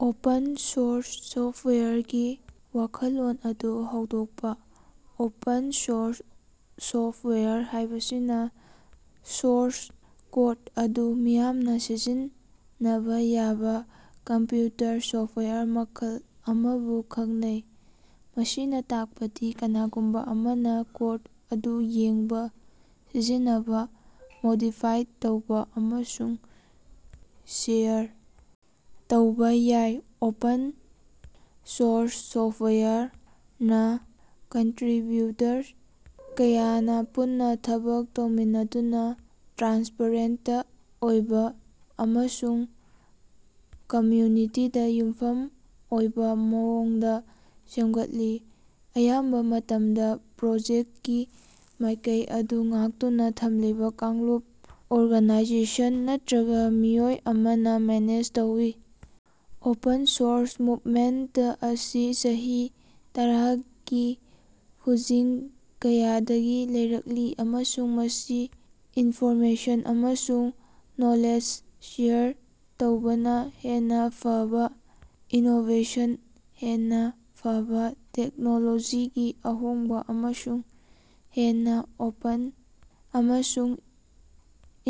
Open source ꯁꯣꯐ꯭ꯇꯋꯥꯌꯔꯒꯤ ꯋꯥꯈꯜꯂꯣꯟ ꯑꯗꯨ ꯍꯧꯗꯣꯛꯄ꯫ ꯑꯣꯄꯟ ꯁꯣꯔꯁ ꯁꯣꯐ꯭ꯇꯋꯥꯌꯔ ꯍꯥꯏꯕꯁꯤꯅ ꯁꯣꯔꯁ ꯀꯣꯗ ꯑꯗꯨ ꯃꯤꯌꯥꯝꯅ ꯁꯤꯖꯤꯟꯅꯕ ꯌꯥꯕ ꯀꯝꯄ꯭ꯌꯨꯇꯔ ꯁꯣꯐ꯭ꯇꯋꯥꯌꯔ ꯃꯈꯜ ꯑꯃꯕꯨ ꯈꯪꯅꯩ, ꯃꯁꯤꯅ ꯇꯥꯛꯄꯗꯤ ꯀꯅꯥꯒꯨꯝꯕ ꯑꯃꯅ ꯀꯣꯗ ꯑꯗꯨ ꯌꯦꯡꯕ, ꯁꯤꯖꯤꯟꯅꯕ, ꯃꯣꯗꯤꯐꯥꯏ ꯇꯧꯕ ꯑꯃꯁꯨꯡ ꯁꯦꯌꯔ ꯇꯧꯕ ꯌꯥꯏ꯫ ꯑꯣꯄꯟ ꯁꯣꯔꯁ ꯁꯣꯐ꯭ꯇꯋꯥꯌꯔ ꯅ ꯀꯟꯇꯔꯤꯕ꯭ꯌꯨꯇꯔ ꯀꯌꯥꯅ ꯄꯨꯟꯅ ꯊꯕꯛ ꯇꯧꯃꯤꯟꯅꯗꯨꯅ, ꯇ꯭ꯔꯥꯟꯁꯄꯥꯔꯦꯟꯇ ꯑꯣꯏꯕ ꯑꯃꯁꯨꯡ ꯀꯝꯃ꯭ꯌꯨꯅꯤꯇꯤꯗ ꯌꯨꯝꯐꯝ ꯑꯣꯏꯕ ꯃꯑꯣꯡꯗ ꯁꯦꯝꯒꯠꯂꯤ, ꯑꯌꯥꯝꯕ‌ ꯃꯇꯝꯗ ꯄ꯭ꯔꯣꯖꯦꯛꯇꯀꯤ ꯃꯥꯏꯀꯩ ꯑꯗꯨ ꯉꯥꯛꯇꯨꯅ ꯊꯝꯂꯤꯕ ꯀꯥꯡꯂꯨꯞ, ꯑꯣꯔꯒꯥꯅꯥꯏꯖꯦꯁꯟ ꯅꯠꯇꯔꯒ ꯃꯤꯑꯣꯏ ꯑꯃꯅ ꯃꯦꯅꯦꯖ ꯇꯧꯏ꯫ ꯑꯣꯄꯟ ꯁꯣꯔꯁ ꯃꯨꯕꯃꯦꯟꯇ ꯑꯁꯤ ꯆꯍꯤ ꯇꯔꯥꯒꯤ ꯈꯨꯖꯤꯡ ꯀꯌꯥꯗꯒꯤ ꯂꯩꯔꯛꯂꯤ ꯑꯃꯁꯨꯡ ꯃꯁꯤ ꯏꯟꯐꯣꯔꯃꯦꯁꯟ ꯑꯃꯁꯨꯡ ꯅꯣꯂꯦꯖ ꯁꯦꯌꯔ ꯇꯧꯕꯅ ꯍꯦꯟꯅ ꯐꯕꯥ ꯏꯅꯣꯕꯦꯁꯟ, ꯍꯦꯟꯅ ꯐꯕꯥ ꯇꯦꯛꯅꯣꯂꯣꯖꯤꯒꯤ ꯑꯍꯣꯡꯕ, ꯑꯃꯁꯨꯡ ꯍꯦꯟꯅ ꯑꯣꯄꯟ ꯑꯃꯁꯨꯡ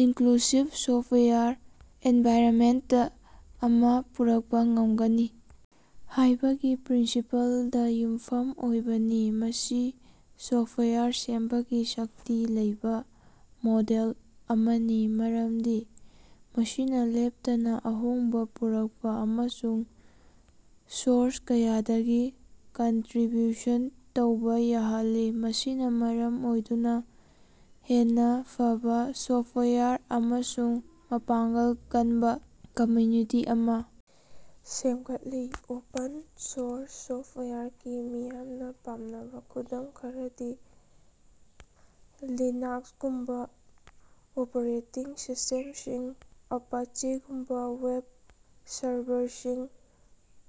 ꯏꯟꯀ꯭ꯂꯨꯁꯤꯕ ꯁꯣꯐ꯭ꯇꯋꯦꯌꯔ ꯑꯦꯟꯚꯥꯏꯔꯟꯃꯦꯟꯇ ꯑꯃ ꯄꯨꯔꯛꯄ ꯉꯝꯒꯅꯤ ꯍꯥꯏꯕꯒꯤ ꯄ꯭ꯔꯤꯟꯁꯤꯄꯜꯗ ꯌꯨꯝꯐꯝ ꯑꯣꯏꯕꯅꯤ꯫ ꯃꯁꯤ ꯁꯣꯐ꯭ꯇꯋꯥꯌꯔ ꯁꯦꯝꯕꯒꯤ ꯁꯛꯇꯤ ꯂꯩꯕ ꯃꯣꯗꯦꯜ ꯑꯃꯅꯤ ꯃꯔꯝꯗꯤ ꯃꯁꯤꯅ ꯂꯦꯞꯇꯅ ꯑꯍꯣꯡꯕ ꯄꯨꯔꯛꯄ ꯑꯃꯁꯨꯡ ꯁꯣꯔꯁ ꯀꯌꯥꯗꯒꯤ ꯀꯟꯇ꯭ꯔꯤꯕ꯭ꯌꯨꯁꯟ ꯇꯧꯕ ꯌꯥꯍꯜꯂꯤ, ꯃꯁꯤꯅ ꯃꯔꯝ ꯑꯣꯏꯗꯨꯅ ꯍꯦꯟꯅ ꯐꯕꯥ ꯁꯣꯐ꯭ꯇꯋꯥꯌꯔ ꯑꯃꯁꯨꯡ ꯃꯄꯥꯡꯒꯜ ꯀꯟꯕ ꯀꯝꯃ꯭ꯌꯨꯅꯤꯇꯤ ꯑꯃ ꯁꯦꯝꯒꯠꯂꯤ꯫ ꯑꯣꯄꯟ ꯁꯣꯔꯁ ꯁꯣꯐ꯭ꯇꯋꯥꯌꯔ ꯀꯤ ꯃꯤꯌꯥꯝꯅ ꯄꯥꯝꯅꯕ ꯈꯨꯗꯝ ꯈꯔꯗꯤ ꯂꯤꯅꯥꯛꯁꯒꯨꯝꯕ ꯑꯣꯄꯔꯦꯇꯤꯡ ꯁꯤꯁ꯭ꯇꯦꯝꯁꯤꯡ, ꯑꯄꯥꯆꯦꯒꯨꯝꯕ ꯋꯦꯕ ꯁꯔꯚꯔꯁꯤꯡ,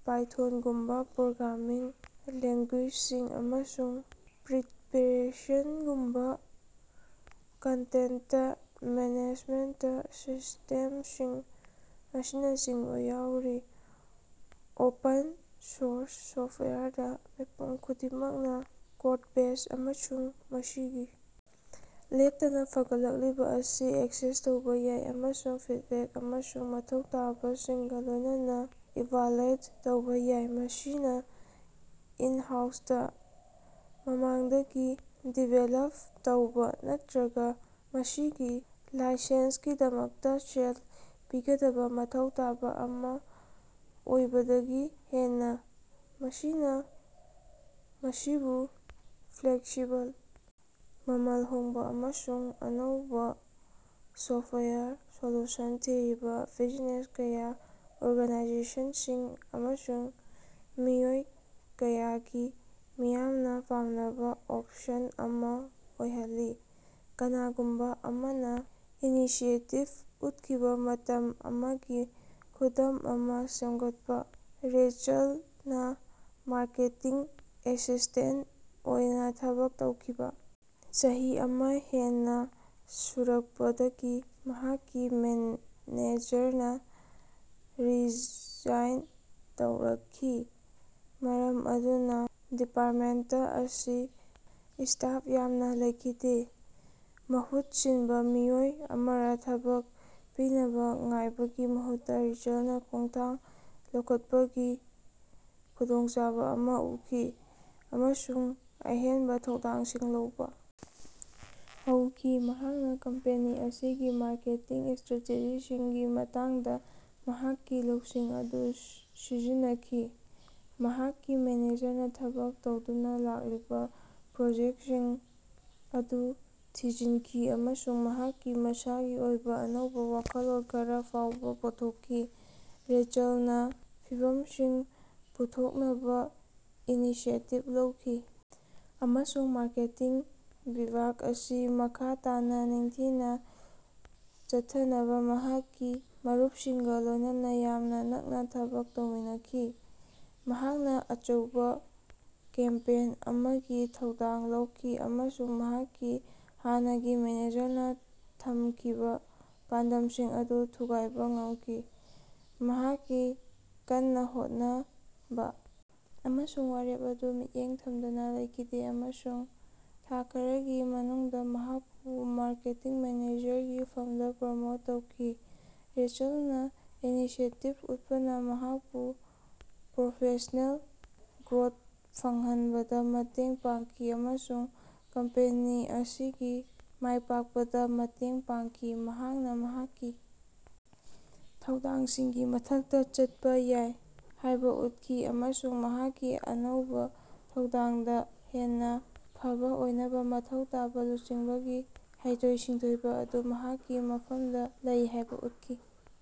ꯄꯥꯏꯊꯣꯟꯒꯨꯝꯕ ꯄ꯭ꯔꯣꯒ꯭ꯔꯥꯃꯤꯡ ꯂꯦꯡꯒꯨ꯭ꯌꯦꯖꯁꯤꯡ, ꯑꯃꯁꯨꯡ ꯋꯥꯔ꯭ꯗꯄꯔꯦꯁꯒꯨꯝꯕ ꯀꯟꯇꯦꯟꯇ ꯃꯦꯅꯦꯖꯃꯦꯟꯇ ꯁꯤꯁ꯭ꯇꯦꯝꯁꯤꯡ ꯑꯁꯤꯅꯆꯤꯡꯕ ꯌꯥꯎꯔꯤ꯫ ꯑꯣꯄꯟ ꯁꯣꯔꯁ ꯁꯣꯐ꯭ꯇꯋꯥꯌꯔꯗ, ꯃꯤꯄꯨꯝ ꯈꯨꯗꯤꯡꯃꯛꯅ ꯀꯣꯗꯕꯦꯖ ꯑꯃꯁꯨꯡ ꯃꯁꯤꯒꯤ ꯂꯦꯞꯇꯅ ꯐꯒꯠꯂꯛꯂꯤꯕ ꯑꯁꯤ ꯑꯦꯛꯁꯦꯁ ꯇꯧꯕ ꯌꯥꯏ ꯑꯃꯁꯨꯡ ꯐꯤꯗꯕꯦꯛ ꯑꯃꯁꯨꯡ ꯃꯊꯧ ꯇꯥꯕꯁꯤꯡꯒ ꯂꯣꯏꯅꯅ ꯏꯚꯥꯂ꯭ꯌꯦꯠ ꯇꯧꯕ ꯌꯥꯏ, ꯃꯁꯤꯅ ꯏꯟ-ꯍꯥꯎꯁꯇ ꯃꯃꯥꯡꯗꯒꯤ ꯗꯤꯕꯦꯂꯞ ꯇꯧꯕ ꯅꯠꯇꯔꯒ ꯃꯁꯤꯒꯤ ꯂꯥꯏꯁꯦꯟꯁꯀꯤꯗꯃꯛꯇ ꯁꯦꯜ ꯄꯤꯒꯗꯕ ꯃꯊꯧ ꯇꯥꯕ ꯑꯃ ꯑꯣꯏꯕꯗꯒꯤ ꯍꯦꯟꯅ꯫ ꯃꯁꯤꯅ ꯃꯁꯤꯕꯨ ꯐ꯭ꯂꯦꯛꯁꯤꯕꯜ, ꯃꯃꯜ ꯍꯣꯡꯕ, ꯑꯃꯁꯨꯡ ꯑꯅꯧꯕ ꯁꯣꯐ꯭ꯇꯋꯥꯌꯔ ꯁꯣꯂ꯭ꯌꯨꯁꯟꯁꯤꯡ ꯊꯤꯔꯤꯕ ꯕꯤꯖꯤꯅꯦꯁ ꯀꯌꯥ, ꯑꯣꯔꯒꯥꯅꯥꯏꯖꯦꯁꯟꯁꯤꯡ, ꯑꯃꯁꯨꯡ ꯃꯤꯑꯣꯏ ꯀꯌꯥꯒꯤ ꯃꯤꯌꯥꯝꯅ ꯄꯥꯝꯅꯕ ꯑꯣꯞꯁꯟ ꯑꯃ ꯑꯣꯏꯍꯜꯂꯤ꯫ ꯀꯅꯥꯒꯨꯝꯕ ꯑꯃꯅ ꯏꯅꯤꯁꯤꯌꯦꯇꯤꯕ ꯎꯠꯈꯤꯕ ꯃꯇꯝ ꯑꯃꯒꯤ ꯈꯨꯗꯝ ꯑꯃ ꯁꯦꯝꯒꯠꯄ꯫ ꯔꯦꯆꯦꯜꯅ ꯃꯥꯔꯀꯦꯇꯤꯡ ꯑꯦꯁꯤꯁ꯭ꯇꯦꯟꯇ ꯑꯣꯏꯅ ꯊꯕꯛ ꯇꯧꯈꯤꯕ ꯆꯍꯤ ꯑꯃ ꯍꯦꯟꯅ ꯁꯨꯔꯛꯄꯗꯒꯤ ꯃꯍꯥꯛꯀꯤ ꯃꯦꯅꯦꯖꯔꯅ ꯔꯤꯖꯥꯏꯟ ꯇꯧꯔꯛꯈꯤ, ꯃꯔꯝ ꯑꯗꯨꯅ ꯗꯤꯄꯥꯔꯇꯃꯦꯟꯇ ꯑꯁꯤ ꯁ꯭ꯇꯥꯐ ꯌꯥꯝꯅ ꯂꯩꯈꯤꯗꯦ꯫ ꯃꯍꯨꯠ ꯁꯤꯟꯕ ꯃꯤꯑꯣꯏ ꯑꯃꯥꫪ ꯊꯕꯛ ꯄꯤꯅꯕ ꯉꯥꯏꯕꯒꯤ ꯃꯍꯨꯠꯇ ꯔꯦꯆꯦꯜꯅ ꯈꯣꯡꯊꯥꯡ ꯂꯧꯈꯠꯄꯒꯤ ꯈꯨꯗꯣꯡꯆꯥꯕ ꯑꯃ ꯎꯈꯤ ꯑꯃꯁꯨꯡ ꯑꯍꯦꯟꯕ ꯊꯧꯗꯥꯡꯁꯤꯡ ꯂꯧꯕ ꯍꯧꯈꯤ꯫ ꯃꯍꯥꯛꯅ ꯀꯝꯄꯦꯅꯤ ꯑꯁꯤꯒꯤ ꯃꯥꯔꯀꯦꯇꯤꯡ ꯁ꯭ꯇꯔꯦꯇꯦꯖꯤꯁꯤꯡꯒꯤ ꯃꯇꯥꯡꯗ ꯃꯍꯥꯛꯀꯤ ꯂꯧꯁꯤꯡ ꯑꯗꯨ ꯁꯤꯖꯤꯟꯅꯈꯤ, ꯃꯍꯥꯛꯀꯤ ꯃꯦꯅꯦꯖꯔꯅ ꯊꯕꯛ ꯇꯧꯗꯨꯅ ꯂꯥꯛꯂꯤꯕ‌ ꯄ꯭ꯔꯣꯖꯦꯛꯇꯁꯤꯡ ꯑꯗꯨ ꯊꯤꯖꯤꯟꯈꯤ ꯑꯃꯁꯨꯡ ꯃꯍꯥꯛꯀꯤ ꯃꯁꯥꯒꯤ ꯑꯣꯏꯕ‌ ꯑꯅꯧꯕ ꯋꯥꯈꯜꯂꯣꯟ ꯈꯔ ꯐꯥꯎꯕ ꯄꯨꯊꯣꯛꯈꯤ꯫ ꯔꯦꯆꯦꯜꯅ ꯐꯤꯚꯝꯁꯤꯡ ꯄꯨꯊꯣꯛꯅꯕ ꯏꯅꯤꯁꯤꯌꯦꯇꯤꯕ ꯂꯧꯈꯤ ꯑꯃꯁꯨꯡ ꯃꯥꯔꯀꯦꯇꯤꯡ ꯕꯤꯚꯥꯒ ꯑꯁꯤ ꯃꯈꯥ ꯇꯥꯅ ꯅꯤꯡꯊꯤꯅ ꯆꯠꯊꯅꯕ ꯃꯍꯥꯛꯀꯤ ꯃꯔꯨꯞꯁꯤꯡꯒ ꯂꯣꯏꯅꯅ ꯌꯥꯝꯅ ꯅꯛꯅ ꯊꯕꯛ ꯇꯧꯃꯤꯟꯅꯈꯤ꯫ ꯃꯍꯥꯛꯅ ꯑꯆꯧꯕ ꯀꯦꯝꯄꯦꯟ ꯑꯃꯒꯤ ꯊꯧꯗꯥꯡ ꯂꯧꯈꯤ ꯑꯃꯁꯨꯡ ꯃꯍꯥꯛꯀꯤ ꯍꯥꯟꯅꯒꯤ ꯃꯦꯅꯦꯖꯔꯅ ꯊꯝꯈꯤꯕ‌ ꯄꯥꯟꯗꯝꯁꯤꯡ ꯑꯗꯨ ꯊꯨꯒꯥꯏꯕ ꯉꯝꯈꯤ꯫ ꯃꯍꯥꯛꯀꯤ ꯀꯟꯅꯥ ꯍꯣꯠꯅꯕꯥ ꯑꯃꯁꯨꯡ ꯋꯥꯔꯦꯞ ꯑꯗꯨ ꯃꯤꯠꯌꯦꯡ ꯊꯝꯗꯅꯥ ꯂꯩꯈꯤꯗꯦ, ꯑꯃꯁꯨꯡ ꯊꯥ ꯈꯔꯒꯤ ꯃꯅꯨꯡꯗꯥ ꯃꯍꯥꯛꯄꯨ ꯃꯥꯔꯀꯦꯇꯤꯡ ꯃꯦꯅꯦꯖꯔꯒꯤ ꯐꯝꯗ ꯄ꯭ꯔꯣꯃꯣꯠ ꯇꯧꯈꯤ꯫ ꯔꯦꯆꯦꯜꯅ ꯏꯅꯤꯁꯤꯌꯦꯇꯤꯕ ꯎꯠꯄꯅ ꯃꯍꯥꯛꯄꯨ ꯄ꯭ꯔꯣꯐꯦꯁ꯭ꯅꯦꯜ ꯒ꯭ꯔꯣꯊ ꯐꯪꯍꯟꯕꯗ ꯃꯇꯦꯡ ꯄꯥꯡꯈꯤ, ꯑꯃꯁꯨꯡ ꯀꯝꯄꯦꯅꯤ ꯑꯁꯤꯒꯤ ꯃꯥꯏꯄꯥꯛꯄꯗ ꯃꯇꯦꯡ ꯄꯥꯡꯈꯤ꯫ ꯃꯍꯥꯛꯅ ꯃꯍꯥꯛꯀꯤ ꯊꯧꯗꯥꯡꯁꯤꯡꯒꯤ ꯃꯊꯛꯇ ꯆꯠꯄ ꯌꯥꯏ ꯍꯥꯏꯕ ꯎꯠꯈꯤ, ꯑꯃꯁꯨꯡ ꯃꯍꯥꯛꯀꯤ ꯑꯅꯧꯕ ꯊꯧꯗꯥꯡꯗ ꯍꯦꯟꯅ ꯐꯕꯥ ꯑꯣꯏꯅꯕ ꯃꯊꯧ ꯇꯥꯕ ꯂꯨꯆꯤꯡꯕꯒꯤ ꯍꯩꯊꯣꯏ-ꯁꯤꯡꯊꯣꯏꯕ ꯑꯗꯨ ꯃꯍꯥꯛꯀꯤ ꯃꯐꯝꯗ ꯂꯩ ꯍꯥꯏꯕ ꯎꯠꯈꯤ꯫